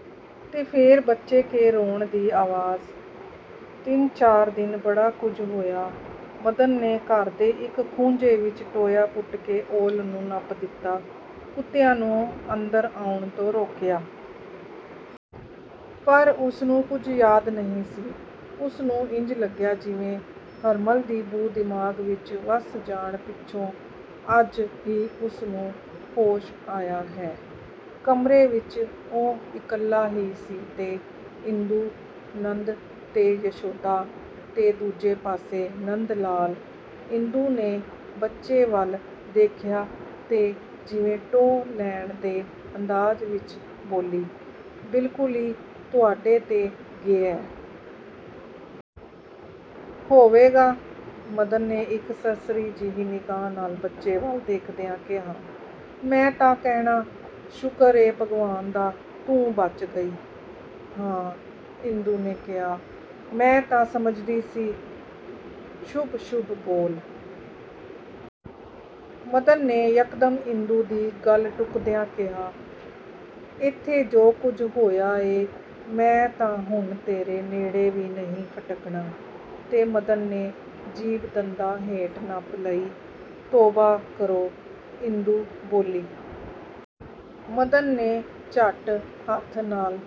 " ਤੇ ਫੇਰ ਬੱਚੇ ਕੇ ਰੋਣ ਦੀ ਆਵਾਜ਼… ਤਿੰਨ ਚਾਰ ਦਿਨ ਬੜਾ ਕੁਝ ਹੋਇਆ। ਮਦਨ ਨੇ ਘਰ ਦੇ ਇਕ ਖੂੰਜੇ ਵਿਚ ਟੋਇਆ ਪੁੱਟ ਕੇ ਔਲ ਨੂੰ ਨੱਪ ਦਿਤਾ। ਕੁੱਤਿਆਂ ਨੂੰ ਅੰਦਰ ਆਉਣ ਤੋਂ ਰੋਕਿਆ। ਪਰ ਉਸਨੂੰ ਕੁਝ ਯਾਦ ਨਹੀਂ ਸੀ। ਉਸਨੂੰ ਇੰਜ ਲੱਗਿਆ ਜਿਵੇਂ ਹਰਮਲ ਦੀ ਬੂ ਦਿਮਾਗ ਵਿਚ ਵੱਸ ਜਾਣ ਪਿੱਛੋਂ ਅੱਜ ਹੀ ਉਸਨੂੰ ਹੋਸ਼ ਆਇਆ ਹੈ। ਕਮਰੇ ਵਿਚ ਉਹ ਇਕੱਲਾ ਹੀ ਸੀ ਤੇ ਇੰਦੂ-ਨੰਦ ਤੇ ਯਸ਼ੋਧਾ-ਤੇ ਦੂਜੇ ਪਾਸੇ ਨੰਦਲਾਲ-ਇੰਦੂ ਨੇ ਬੱਚੇ ਵੱਲ ਦੇਖਿਆ ਤੇ ਜਿਵੇਂ ਟੋਹ ਲੈਣ ਦੇ ਅੰਦਾਜ਼ ਵਿਚ ਬੋਲੀ-"ਬਿਲਕੁਲ ਈ ਤੁਹਾਡੇ 'ਤੇ ਗਿਐ! " "ਹੋਵੇਗਾ," ਮਦਨ ਨੇ ਇਕ ਸਰਸਰੀ ਜਿਹੀ ਨਿਗਾਹ ਨਾਲ ਬੱਚੇ ਵੱਲ ਦੇਖਦਿਆਂ ਕਿਹਾ-"ਮੈਂ ਤਾਂ ਕਹਿਣਾ ਸ਼ੁਕਰ ਏ ਭਗਵਾਨ ਦਾ ਤੂੰ ਬਚ ਗਈ। " "ਹਾਂ! " ਇੰਦੂ ਨੇ ਕਿਹਾ-"ਮੈਂ ਤਾਂ ਸਮਝਦੀ ਸੀ… " "ਸ਼ੁਭ–ਸ਼ੁਭ ਬੋਲ। " ਮਦਨ ਨੇ ਯਕਦਮ ਇੰਦੂ ਦੀ ਗੱਲ ਟੁੱਕਦਿਆਂ ਕਿਹਾ-"ਏਥੇ ਜੋ ਕੁਝ ਹੋਇਆ ਏ-ਮੈਂ ਤਾਂ ਹੁਣ ਤੇਰੇ ਨੇੜੇ ਵੀ ਨਹੀ ਫਟਕਣਾ। " ਤੇ ਮਦਨ ਨੇ ਜੀਭ ਦੰਦਾਂ ਹੇਠ ਨੱਪ ਲਈ। "ਤੌਬਾ ਕਰੋ। " ਇੰਦੂ ਬੋਲੀ। ਮਦਨ ਨੇ ਝੱਟ ਹੱਥ ਨਾਲ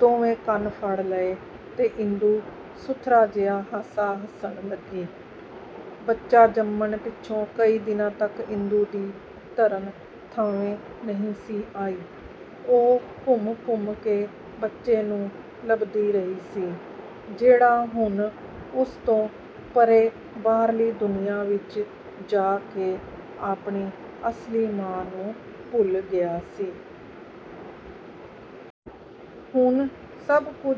ਦੋਵੇਂ ਕੰਨ ਫੜ੍ਹ ਲਏ ਤੇ ਇੰਦੂ ਸੁਥਰਾ ਜਿਹਾ ਹਾਸਾ ਹੱਸਣ ਲੱਗੀ। ਬੱਚਾ ਜੰਮਣ ਪਿੱਛੋਂ ਕਈ ਦਿਨਾਂ ਤਕ ਇੰਦੂ ਦੀ ਧਰਨ ਥਾਵੇਂ ਨਹੀਂ ਸੀ ਆਈ। ਉਹ ਘੁੰਮ ਘੁੰਮ ਕੇ ਬੱਚੇ ਨੂੰ ਲੱਭਦੀ ਰਹੀ ਸੀ, ਜਿਹੜਾ ਹੁਣ ਉਸ ਤੋਂ ਪਰ੍ਹੇ ਬਾਹਰਲੀ ਦੁਨੀਆਂ ਵਿਚ ਜਾ ਕੇ ਆਪਣੀ ਅਸਲੀ ਮਾਂ ਨੂੰ ਭੁੱਲ ਗਿਆ ਸੀ। ਹੁਣ ਸਭ ਕੁਝ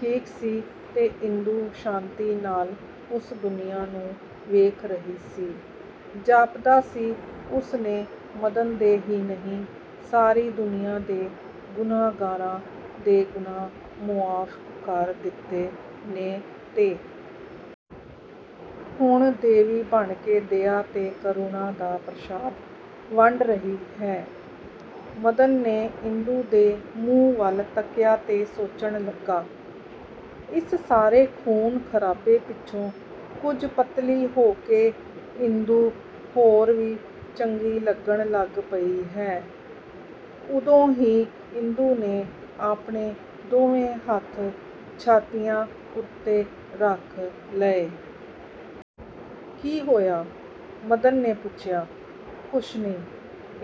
ਠੀਕ ਸੀ ਤੇ ਇੰਦੂ ਸ਼ਾਂਤੀ ਨਾਲ ਉਸ ਦੁਨੀਆਂ ਨੂੰ ਵੇਖ ਰਹੀ ਸੀ। ਜਾਪਦਾ ਸੀ ਉਸਨੇ ਮਦਨ ਦੇ ਹੀ ਨਹੀਂ ਸਾਰੀ ਦੁਨੀਆਂ ਦੇ ਗੁਨਾਹਗਾਰਾਂ ਦੇ ਗੁਨਾਹ ਮੁਆਫ਼ ਕਰ ਦਿਤੇ ਨੇ ਤੇ ਹੁਣ ਦੇਵੀ ਬਣ ਕੇ ਦਯਾ ਤੇ ਕਰੂਣਾ ਦਾ ਪ੍ਰਸ਼ਾਦ ਵੰਡ ਰਹੀ ਹੈ… ਮਦਨ ਨੇ ਇੰਦੂ ਦੇ ਮੂੰਹ ਵੱਲ ਤੱਕਿਆ ਤੇ ਸੋਚਣ ਲੱਗਾ-ਇਸ ਸਾਰੇ ਖ਼ੂਨ ਖ਼ਰਾਬੇ ਪਿੱਛੋਂ ਕੁਝ ਪਤਲੀ ਹੋ ਕੇ ਇੰਦੂ ਹੋਰ ਵੀ ਚੰਗੀ ਲੱਗਣ ਲੱਗ ਪਈ ਹੈ… ਉਦੋਂ ਹੀ ਇੰਦੂ ਨੇ ਆਪਣੇ ਦੋਵੇਂ ਹੱਥ ਛਾਤੀਆਂ ਉੱਤੇ ਰੱਖ ਲਏ। "ਕੀ ਹੋਇਆ? " ਮਦਨ ਨੇ ਪੁੱਛਿਆ। "ਕੁਸ਼ ਨੀਂ,"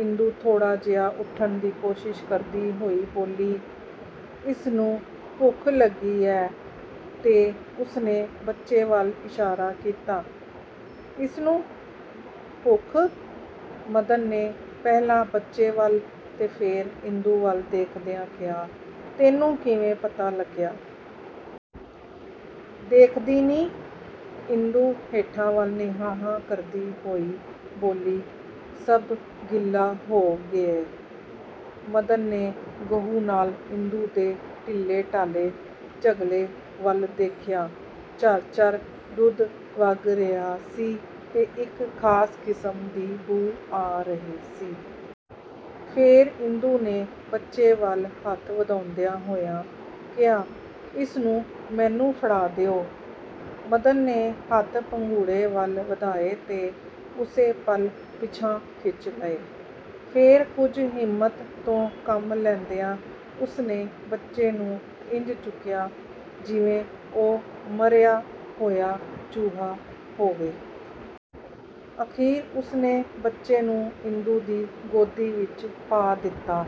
ਇੰਦੂ ਥੋੜ੍ਹਾ ਜਿਹਾ ਉਠਣ ਦੀ ਕੋਸ਼ਿਸ਼ ਕਰਦੀ ਹੋਈ ਬੋਲੀ-"ਇਸਨੂੰ ਭੁੱਖ ਲੱਗੀ ਐ। " ਤੇ ਉਸਨੇ ਬੱਚੇ ਵੱਲ ਇਸ਼ਾਰਾ ਕੀਤਾ। "ਇਸ ਨੂੰ?… ਭੁੱਖ?… " ਮਦਨ ਨੇ ਪਹਿਲਾਂ ਬੱਚੇ ਵੱਲ ਤੇ ਫੇਰ ਇੰਦੂ ਵੱਲ ਦੇਖਦਿਆਂ ਕਿਹਾ-"ਤੈਨੂੰ ਕਿਵੇਂ ਪਤਾ ਲੱਗਿਆ? " "ਦੇਖਦੇ ਨੀਂ…! " ਇੰਦੂ ਹੇਠਾਂ ਵੱਲ ਨਿਗਾਹਾਂ ਕਰਦੀ ਹੋਈ ਬੋਲੀ-"ਸਭ ਗਿੱਲਾ ਹੋ ਗਿਐ! " ਮਦਨ ਨੇ ਗਹੂ ਨਾਲ ਇੰਦੂ ਦੇ ਢਿੱਲੇ ਢਾਲੇ ਝਗਲੇ ਵੱਲ ਦੇਖਿਆ। ਝਰ–ਝਰ ਦੁੱਧ ਵਗ ਰਿਹਾ ਸੀ ਤੇ ਇਕ ਖਾਸ ਕਿਸਮ ਦੀ ਬੂ ਆ ਰਹੀ ਸੀ। ਫੇਰ ਇੰਦੂ ਨੇ ਬੱਚੇ ਵੱਲ ਹੱਥ ਵਧਾਉਂਦਿਆਂ ਹੋਇਆਂ ਕਿਹਾ-"ਇਸਨੂੰ ਮੈਨੂੰ ਫੜਾ ਦਿਓ। " ਮਦਨ ਨੇ ਹੱਥ ਭੰਗੂੜੇ ਵੱਲ ਵਧਾਏ ਤੇ ਉਸੇ ਪਲ ਪਿਛਾਂਹ ਖਿੱਚ ਲਏ। ਫੇਰ ਕੁਝ ਹਿੰਮਤ ਤੋਂ ਕੰਮ ਲੈਂਦਿਆਂ ਉਸਨੇ ਬੱਚੇ ਨੂੰ ਇੰਜ ਚੁੱਕਿਆ, ਜਿਵੇਂ ਉਹ ਮਰਿਆ ਹੋਇਆ ਚੂਹਾ ਹੋਵੇ। ਅਖ਼ੀਰ ਉਸਨੇ ਬੱਚੇ ਨੂੰ ਇੰਦੂ ਦੀ ਗੋਦੀ ਵਿਚ ਪਾ ਦਿਤਾ।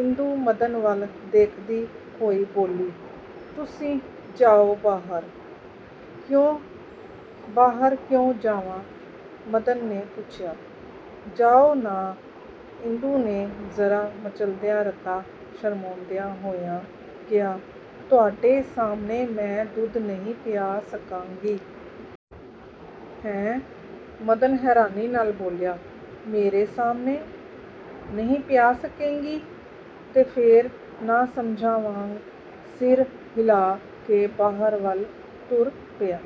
ਇੰਦੂ ਮਦਨ ਵੱਲ ਦੇਖਦੀ ਹੋਈ ਬੋਲੀ-"ਤੁਸੀਂ ਜਾਓ ਬਾਹਰ… " "ਕਿਉਂ?… ਬਾਹਰ ਕਿਉਂ ਜਾਵਾਂ? " ਮਦਨ ਨੇ ਪੁੱਛਿਆ। "ਜਾਓ ਨਾ… " ਇੰਦੂ ਨੇ ਜ਼ਰਾ ਮਚਲਦਿਆਂ ਰਤਾ ਸ਼ਰਮਾਉਂਦਿਆਂ ਹੋਇਆਂ ਕਿਹਾ-"ਤੁਹਾਡੇ ਸਾਹਮਣੇ ਮੈਂ ਦੁੱਧ ਨਈਂ ਪਿਆ ਸਕਾਂਗੀ। " "ਹੈਂ! " ਮਦਨ ਹੈਰਾਨੀ ਨਾਲ ਬੋਲਿਆ-"ਮੇਰੇ ਸਾਹਮਣੇ… ਨਹੀਂ ਪਿਆ ਸਕੇਂਗੀ! " ਤੇ ਫੇਰ ਨਾਸਮਝਾਂ ਵਾਗ ਸਿਰ ਹਿਲਾਅ ਕੇ ਬਾਹਰ ਵੱਲ ਤੁਰ ਪਿਆ।